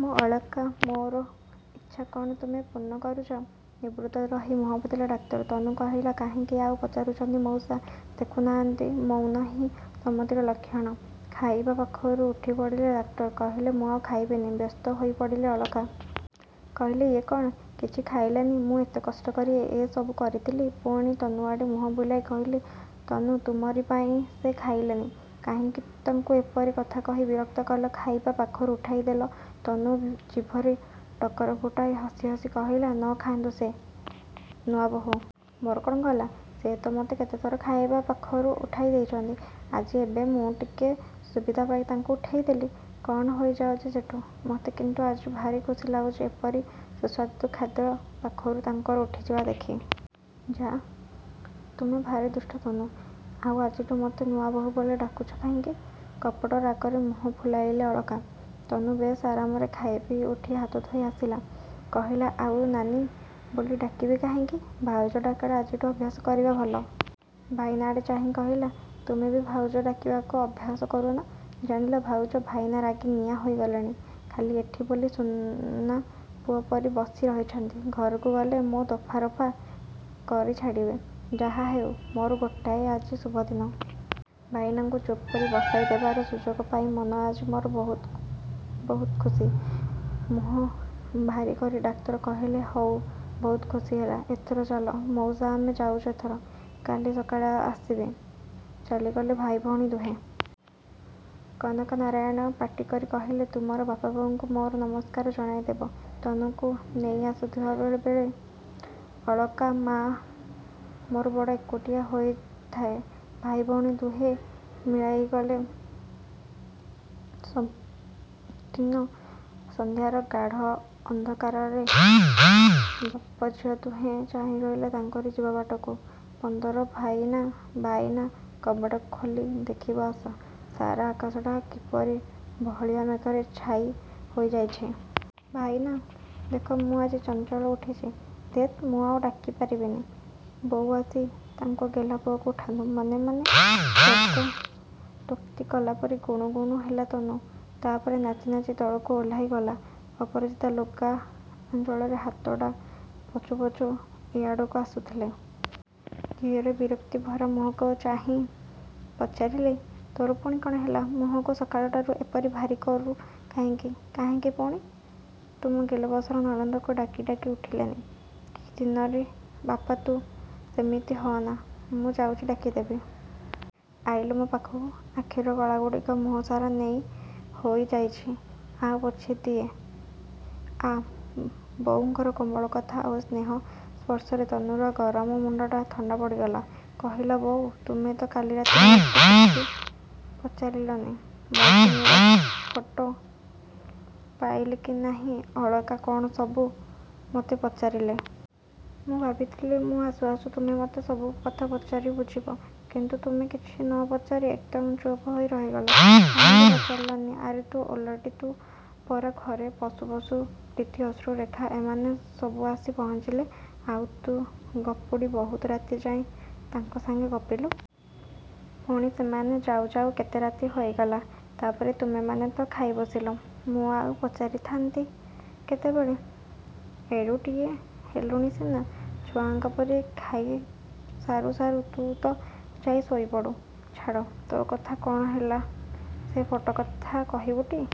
ମୋ ଅଳକା ମୋର ଇଚ୍ଛା କ'ଣ ତୁମେ ପୂର୍ଣ୍ଣ କରୁଛ? ନିବୃତ୍ତ ରହି ମୁହଁପୋତିଲ ଡାକ୍ତର। ତନୁ କହିଲା, କାହିଁକି ଆଉ ପଚାରୁଛନ୍ତି ମଉସା! ଦେଖୁନାହାନ୍ତି ମୌନହିଁ ସମ୍ମତିର ଲକ୍ଷଣ। ଖାଇବା ପାଖରୁ ଉଠିପଡ଼ିଲେ ଡାକ୍ତର। କହିଲେ, ମୁଁ ଆଉ ଖାଇବିନି। ବ୍ୟସ୍ତ ହୋଇପଡ଼ିଲେ ଅଳକା। କହିଲେ, ଇଏ କ'ଣ! କିଛି ଖାଇଲେନି? ମୁଁ କେତେ କଷ୍ଟକରି ଏ ସବୁ କରିଥିଲି। ପୁଣି ତନୁଆଡ଼େ ମୁହଁବୁଲାଇ କହିଲେ, ତନୁ, ତୁମରି ପାଇଁ ସେ ଖାଇଲେନି। କାହିଁକି ତାଙ୍କୁ ଏପରି କଥା କହି ବିରକ୍ତ କଲ, ଖାଇବା ପାଖରୁ ଉଠାଇଦେଲ? ତନୁ ଜିଭରେ ଟକର ଫୁଟାଇ ହସି ହସି କହିଲା, ନ ଖାଆନ୍ତୁ ସେ, ନୂଆବୋଉ। ମୋର କ'ଣ ଗଲା! ସେ ତ ମୋତେ କେତେଥର ଖାଇବା ପାଖରୁ ଉଠାଇଦେଇଛନ୍ତି। ଆଜି ଏବେ ମୁଁ ଟିକେ ସୁବିଧା ପାଇ ତାଙ୍କୁ ଉଠାଇଦେଲି, କ'ଣ ହୋଇଯାଉଛି ସେଠୁ? ମୋତେ କିନ୍ତୁ ଆଜି ଭାରି ଖୁସି ଲାଗୁଛି ଏପରି ସୁସ୍ୱାଦୁ ଖାଦ୍ୟ ପାଖରୁ ତାଙ୍କର ଉଠିଯିବା ଦେଖି। ଯାଃ, ତୁମେ ଭାରି ଦୁଷ୍ଟ, ତନୁ। ଆଉ ଆଜିଠୁ ମୋତେ ନୂଆବୋଉ ବୋଲି ଡାକୁଛ କାହିଁକି? କପଟ ରାଗରେ ମୁହଁ ଫୁଲାଇଲେ ଅଳକା। ତନୁ ବେଶ୍ ଆରାମରେ ଖାଇପିଇ ଉଠି ହାତଧୋଇ ଆସିଲା। କହିଲା, ଆଉ ନାନୀ ବୋଲି ଡାକିବି କାହିଁକି? ଭାଉଜ ଡାକଟା ଆଜିଠୁ ଅଭ୍ୟାସ କରିବା ଭଲ। ଭାଇନା ଆଡ଼େ ଚାହିଁ କହିଲା, ତୁମେ ବି ଭାଉଜ ଡାକିବାକୁ ଅଭ୍ୟାସ କରୁନ। ଜାଣିଲ ଭାଉଜ, ଭାଇନା ରାଗି ନିଆଁ ହୋଇଗଲେଣି। ଖାଲି ଏଠି ବୋଲି ସୁନାପୁଅ ପରି ବସି ରହିଛନ୍ତି। ଘରକୁ ଗଲେ ମୋ ଦଫା ରଫା କରି ଛାଡ଼ିବେ। ଯାହାହେଉ, ମୋର ଗୋଟାଏ ଆଜି ଶୁଭଦିନ। ଭାଇନାଙ୍କୁ ଚୁପ୍ କରି ବସାଇ ଦେବାର ସୁଯୋଗ ପାଇ ମନ ଆଜି ମୋର ବହୁତ ବହୁତ ଖୁସି। ମୁହଁ ଭାରିକରି ଡାକ୍ତର କହିଲେ, ହଉ, ବହୁତ ଖୁସି ହେଲା ଏଥର ଚାଲ। ମଉସା, ଆମେ ଯାଉଛୁ ଏଥର। କାଲି ସକାଳେ ଆସିବି। ଚାଲିଗଲେ ଭାଇ-ଭଉଣୀ ଦୁହେଁ। କନକନାରାୟଣ ପାଟି କରି କହିଲେ, ତୁମର ବାପା-ବୋଉଙ୍କୁ ମୋର ନମସ୍କାର ଜଣାଇଦେବ। ତନୁକୁ ନେଇଆସୁଥିବା ବେଳେ ବେଳେ। ଅଳକା ମାଆ ମୋର ବଡ଼ ଏକୁଟିଆ ହୋଇଥାଏ। ଭାଇ-ଭଉଣୀ ଦୁହେଁ ମିଳାଇଗଲେ ଉତ୍ତୀର୍ଣ୍ଣ ସନ୍ଧ୍ୟାର ଗାଢ଼ ଅନ୍ଧକାରରେ। ବାପ-ଝିଅ ଦୁହେଁ ଚାହିଁରହିଲେ ତାଙ୍କରି ଯିବାବାଟକୁ। ପନ୍ଦର ଭାଇନା, ଭାଇନା, କବାଟ ଖୋଲି ଦେଖିବ ଆସ, ସାରା ଆକାଶଟା କିପରି ବହଳିଆ ମେଘରେ ଛାଇ ହୋଇଯାଇଛି। ଭାଇନା, ଦେଖ, ମୁଁ ଆଜି ଚଞ୍ଚଳ ଉଠିଛି। ଧେତ୍, ମୁଁ ଆଉ ଡାକି ପାରିବିନି। ବୋଉ ଆସି ତାଙ୍କ ଗେହ୍ଲା ପୁଅକୁ ଉଠାନ୍ତୁ। ମନେ ମନେ ସ୍ୱର୍ଗତୋକ୍ତି କଲା ପରି ଗୁଣୁ ଗୁଣୁ ହେଲା ତନୁ। ତାପରେ ନାଚି ନାଚି ତଳକୁ ଓହ୍ଲାଇଗଲା। ଅପରାଜିତା ଲୁଗା ଆଞ୍ଚଳରେ ହାତଟା ପୋଛୁ ପୋଛୁ ଏଆଡ଼କୁ ଆସୁଥିଲେ। ଝିଅର ବିରକ୍ତି ଭରା ମୁହଁକୁ ଚାହିଁ ପଚାରିଲେ, ତୋର ପୁଣି କ'ଣ ହେଲା? ମୁହଁକୁ ସକାଳୁଟାରୁ ଏପରି ଭାରି କରୁ କାହିଁକି ?କାହିଁକି ପୁଣି! ତୁମ ଗେଲବସର ନନ୍ଦନଙ୍କୁ ଡାକି ଡାକି ଉଠିଲେନି। କି ନିଦରେ ବାପା ତୁ ସେମିତି ହଅନା, ମୁଁ ଯାଉଛି ଡାକିଦେବି। ଆଇଲୁ ମୋ ପାଖକୁ। ଆଖିର କଳାଗୁଡ଼ିକ ମୁହଁ ସାରା ନେସି ହୋଇଯାଇଛି। ଆ, ପୋଛିଦିଏ, ଆ। ବୋଉଙ୍କର କୋମଳ କଥା ଆଉ ସ୍ନେହ ସ୍ପର୍ଶରେ ତନୁର ଗରମ ମୁଣ୍ଡଟା ଥଣ୍ଡା ପଡ଼ିଗଲା। କହିଲା, ବୋଉ, ତୁମେ ତ କାଲି ରାତିରେ ମୋତେ କିଛି ପଚାରିଲନି? ମୌସୁମୀର ଫଟୋ ପାଇଲି କି ନାହିଁ, ଅଳକା କ'ଣ ସବୁ ମୋତେ ପଚାରିଲେ? ମୁଁ ଭାବିଥିଲି ମୁଁ ଆସୁ ଆସୁ ତୁମେ ମୋତେ ସବୁ କଥା ପଚାରି ବୁଝିବ। କିନ୍ତୁ ତୁମେ କିଛି ନ ପଚାରି ଏକଦମ ଚୁପ୍ ହୋଇ ରହିଗଲ। କାହିଁକି ପଚାରିଲନି? ଆରେ ତୁ ଓଲଟି, ତୁ ପରା ଘରେ ପଶୁ ପଶୁ ପ୍ରୀତି, ଅଶ୍ରୁ, ରେଖା ଏମାନେ ସବୁ ଆସି ପହଞ୍ଚିଲେ, ଆଉ ତୁ ଗପୁଡ଼ି ବହୁତ ରାତି ଯାଏଁ ତାଙ୍କ ସାଙ୍ଗେ ଗପିଲୁ। ପୁଣି ସେମାନେ ଯାଉ ଯାଉ କେତେ ରାତି ହୋଇଗଲା। ତାପରେ ତୁମେମାନେ ତ ଖାଇବସିଲ। ମୁଁ ଆଉ ପଚାରିଥାନ୍ତି କେତେବେଳେ? ଏଡ଼ୁଟିଏ ହେଲୁଣି ସିନା, ଛୁଆଙ୍କ ପରି ଖାଇ ସାରୁ ସାରୁ ତୁ ତ ଯାଇ ଶୋଇପଡ଼ୁ। ଛାଡ଼ ତୋ କଥା, କ'ଣ ହେଲା ସେ ଫଟୋ କଥା, କହିବୁଟି?